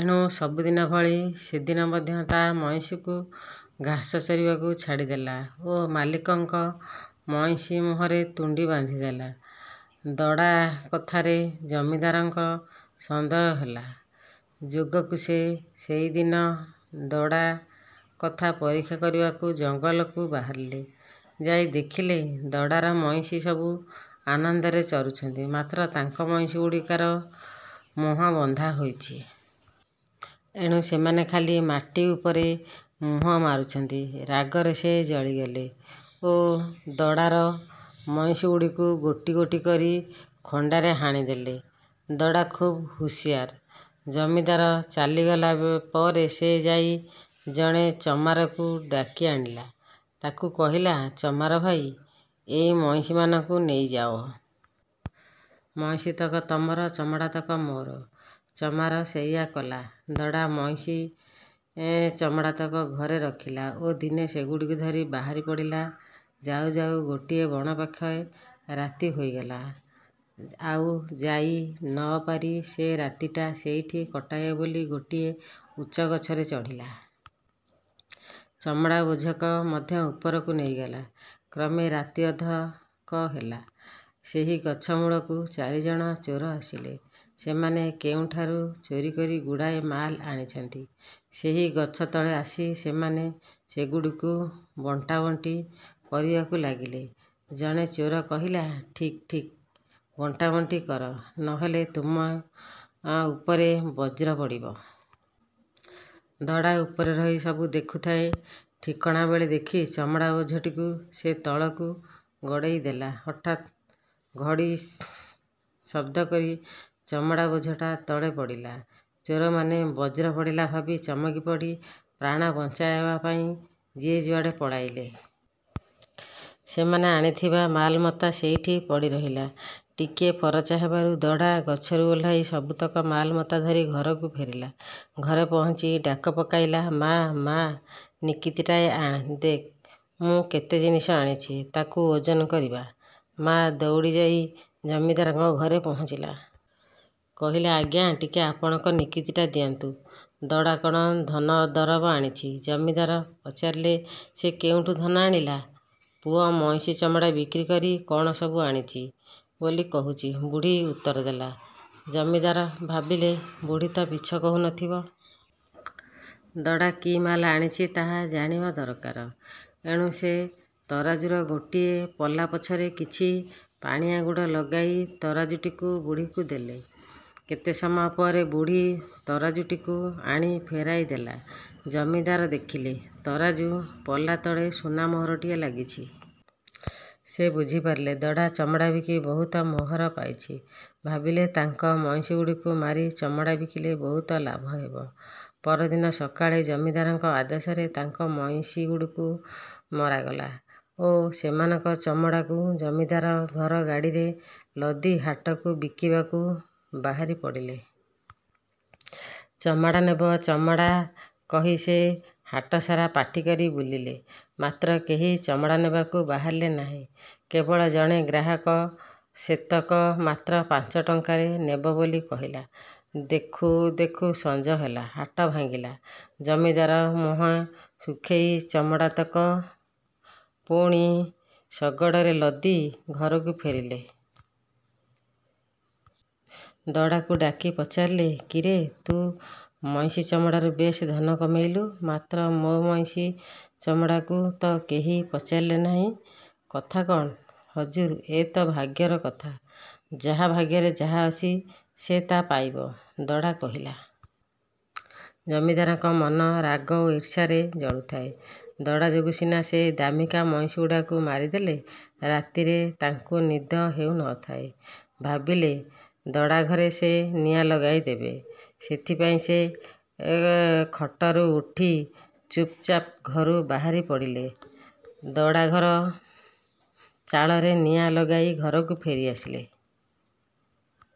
ଏଣୁ ସବୁଦିନ ଭଳି ସେଦିନ ମଧ୍ୟ ତା' ମଇଁଷିକୁ ଘାସ ଚରିବାକୁ ଛାଡ଼ିଦେଲା ଓ ମାଲିକଙ୍କ ମଇଁଷି ମୁହଁରେ ତୁଣ୍ଡି ବାନ୍ଧିଦେଲା। ଦଡ଼ା କଥାରେ ଜମିଦାରଙ୍କର ସନ୍ଦେହ ହେଲା। ଯୋଗକୁ ସେ ସେଇଦିନ ଦଡ଼ା କଥା ପରୀକ୍ଷା କରିବାକୁ ଜଙ୍ଗଲକୁ ବାହାରିଲେ। ଯାଇ ଦେଖିଲେ ଦଡ଼ାର ମଇଁଷି ସବୁ ଆନନ୍ଦରେ ଚରୁଛନ୍ତି; ମାତ୍ର ତାଙ୍କ ମଇଁଷିଗୁଡ଼ାକର ମୁହଁ ବନ୍ଧାହୋଇଛି। ଏଣୁ ସେମାନେ ଖାଲି ମାଟି ଉପରେ ମୁହଁ ମାରୁଛନ୍ତି। ରାଗରେ ସେ ଜଳିଗଲେ ଓ ଦଡ଼ାର ମଇଁଷିଗୁଡ଼ିକୁ ଗୋଟି ଗୋଟି କରି ଖଣ୍ଡାରେ ହାଣିଦେଲେ। ଦଡ଼ା ଖୁବ୍ ହୁସିଆର। ଜମିଦାର ଚାଲିଗଲା ପରେ ସେ ଯାଇ ଜଣେ ଚମାରକୁ ଡାକିଆଣିଲା। ତାକୁ କହିଲା-ଚମାର ଭାଇ! ଏହି ମଇଁଷିମାନଙ୍କୁ ନେଇଯାଅ। ମଇଁଷିତକ ତମର ଚମଡ଼ାତକ ମୋର। ଚମାର ସେଇଆ କଲା। ଦଡ଼ା ମଇଁଷି ଚମଡ଼ାତକ ଘରେ ରଖିଲା ଓ ଦିନେ ସେଗୁଡ଼ିକୁ ଧରି ବାହାରିପଡ଼ିଲା। ଯାଉ ଯାଉ ଗୋଟିଏ ବଣପାଖେ ରାତି ହୋଇଗଲା। ଆଉ ଯାଇ ନପାରି ସେ ରାତିଟା ସେଇଠି କଟାଇବ ବୋଲି ଗୋଟିଏ ଉଚ୍ଚ ଗଛରେ ଚଢ଼ିଲା। ଚମଡ଼ା ବୋଝକ ମଧ୍ୟ ଉପରକୁ ନେଇଗଲା। କ୍ରମେ ରାତି ଅଧିକ ହେଲା। ସେହି ଗଛ ମୂଳକୁ ଚାରିଜଣ ଚୋର ଆସିଲେ। ସେମାନେ କେଉଁଠାରୁ ଚୋରିକରି ଗୁଡ଼ାଏ ମାଲ ଆଣିଛନ୍ତି। ସେହି ଗଛ ତଳେ ଆସି ସେମାନେ ସେଗୁଡ଼ିକୁ ବଣ୍ଟାବଣ୍ଟି କରିବାକୁ ଲାଗିଲେ। ଜଣେ ଚୋର କହିଲା-''ଠିକ୍ ଠିକ୍ ବଣ୍ଟାବଣ୍ଟି କର, ନହେଲେ ତୁମ ଉପରେ ବଜ୍ର ପଡ଼ିବ। '' ଦଡ଼ା ଉପରେ ରହି ସବୁ ଦେଖୁଥାଏ। ଠିକଣା ବେଳ ଦେଖି ଚମଡ଼ା ବୋଝଟିକୁ ସେ ତଳକୁ ଗଡ଼େଇଦେଲା। ହଠାତ୍ ଘଡ଼୍ଘଡ଼ି ଶବ୍ଦକରି ଚମଡ଼ା ବୋଝଟା ତଳେ ପଡ଼ିଲା। ଚୋରମାନେ ବଜ୍ର ପଡ଼ିଲା ଭାବି ଚମକି ପଡ଼ି ପ୍ରାଣ ବଞ୍ଚାଇବା ପାଇଁ ଯିଏ ଯୁଆଡ଼େ ପଳାଇଲେ। ସେମାନେ ଆଣିଥିବା ମାଲମତା ସେଇଠି ପଡ଼ିରହିଲା। ଟିକିଏ ଫରଚା ହେବାରୁ ଦଡ଼ା ଗଛରୁ ଓହ୍ଳାଇ ସବୁତକ ମାଲମତା ଧରି ଘରକୁ ଫେରିଲା। ଘରେ ପହଞ୍ଚି ଡାକ ପକାଇଲା-''ମା', ମା' ନିକିତିଟାଏ ଆଣ। ଦେଖ୍, ମୁଁ କେତେ ଜିନିଷ ଆଣିଛି। ତାକୁ ଓଜନ କରିବା। '' ମା' ଦଉଡ଼ି ଯାଇ ଜମିଦାରଙ୍କ ଘରେ ପହଞ୍ଚିଲା। କହିଲା-ଆଜ୍ଞା ଟିକେ ଆପଣଙ୍କ ନିକିତିଟା ଦିଅନ୍ତୁ। ଦଡ଼ା କ'ଣ ଧନଦରବ ଆଣିଛି। ଜମିଦାର ପଚାରିଲେ-''ସେ କେଉଁଠୁ ଧନ ଆଣିଲା? '' ''ପୁଅ ମଇଁଷି ଚମଡ଼ା ବିକ୍ରି କରି କ'ଣ ସବୁ ଆଣିଛି ବୋଲି କହୁଛି। '' ବୁଢ଼ୀ ଉତ୍ତରଦେଲା। ଜମିଦାର ଭାବିଲେ ବୁଢ଼ୀ ତ ମିଛ କହୁ ନଥିବ। ଦଡ଼ା କି ମାଲ ଆଣିଛି ତାହା ଜାଣିବା ଦରକାର। ଏଣୁ ସେ ତରାଜୁର ଗୋଟିଏ ପଲା ପଛରେ କିଛି ପାଣିଆ ଗୁଡ଼ ଲଗାଇ ତରାଜୁଟିକୁ ବୁଢ଼ୀକୁ ଦେଲେ। କେତେ ସମୟ ପରେ ବୁଢ଼ୀ ତରାଜୁଟିକୁ ଆଣି ଫେରାଇ ଦେଲା। ଜମିଦାର ଦେଖିଲେ ତରାଜୁ ପଲାତଳେ ସୁନା ମୋହରଟିଏ ଲାଗିଛି। ସେ ବୁଝିପାରିଲେ ଦଡ଼ା ଚମଡ଼ା ବିକି ବହୁତ ମୋହର ପାଇଛି। ଭାବିଲେ ତାଙ୍କ ମଇଁଷିଗୁଡ଼ିକୁ ମାରି ଚମଡ଼ା ବିକିଲେ ବହୁତ ଲାଭ ହେବ। ପରଦିନ ସକାଳେ ଜମିଦାରଙ୍କ ଆଦେଶରେ ତାଙ୍କ ମଇଁଷି ଗୁଡ଼ାଙ୍କୁ ମରାଗଲା ଓ ସେମାନଙ୍କ ଚମଡ଼ାକୁ ଜମିଦାର ଘର ଗାଡ଼ିରେ ଲଦି ହାଟକୁ ବିକିବାକୁ ବାହାରିପଡ଼ିଲେ। ଚମଡ଼ା ନେବ ଚମଡ଼ା କହି ସେ ହାଟସାରା ପାଟିକରି ବୁଲିଲେ; ମାତ୍ର କେହି ଚମଡ଼ା ନେବାକୁ ବାହାରିଲେ ନାହିଁ। କେବଳ ଜଣେ ଗ୍ରାହକ ସେତକ ମାତ୍ର ପାଞ୍ଚ ଟଙ୍କାରେ ନେବ ବୋଲି କହିଲା। ଦେଖୁ ଦେଖୁ ସଞ୍ଜ ହେଲା। ହାଟ ଭାଙ୍ଗିଲା। ଜମିଦାର ମୁହଁ ଶୁଖେଇ ଚମଡ଼ାତକ ପୁଣି ଶଗଡ଼ରେ ଲଦି ଘରକୁ ଫେରିଲେ। ଦଡ଼ାକୁ ଡାକି ପଚାରିଲେ-''କିରେ! ତୁ ମଇଁଷି ଚମଡ଼ାରୁ ବେଶ୍ ଧନ କମେଇଲୁ; ମାତ୍ର ମୋ ମଇଁଷି ଚମଡ଼ାକୁ ତ କେହି ପଚାରିଲେନାହିଁ। କଥା କ'ଣ? '' ହଜୁର ଏ ତ ଭାଗ୍ୟର କଥା। ଯାହା ଭାଗ୍ୟରେ ଯାହା ଅଛି ସେ ତା' ପାଇବ। ଦଡ଼ା କହିଲା। ଜମିଦାରଙ୍କ ମନ ରାଗ ଓ ଈର୍ଷାରେ ଜଳୁଥାଏ। ଦଡ଼ା ଯୋଗୁ ସିନା ସେ ଦାମିକା ମଇଁଷିଗୁଡ଼ାକୁ ମାରିଦେଲେ। ରାତିରେ ତାଙ୍କୁ ନିଦ ହେଉନଥାଏ। ଭାବିଲେ ଦଡ଼ାଘରେ ସେ ନିଆଁ ଲଗାଇ ଦେବେ। ସେଥିପାଇଁ ସେ ଖଟରୁ ଉଠି ଚୁପ୍ ଚାପ୍ ଘରୁ ବାହାରି ପଡ଼ିଲେ। ଦଡ଼ା ଘର ଚାଳରେ ନିଆଁ ଲଗାଇ ଘରକୁ ଫେରି ଆସିଲେ।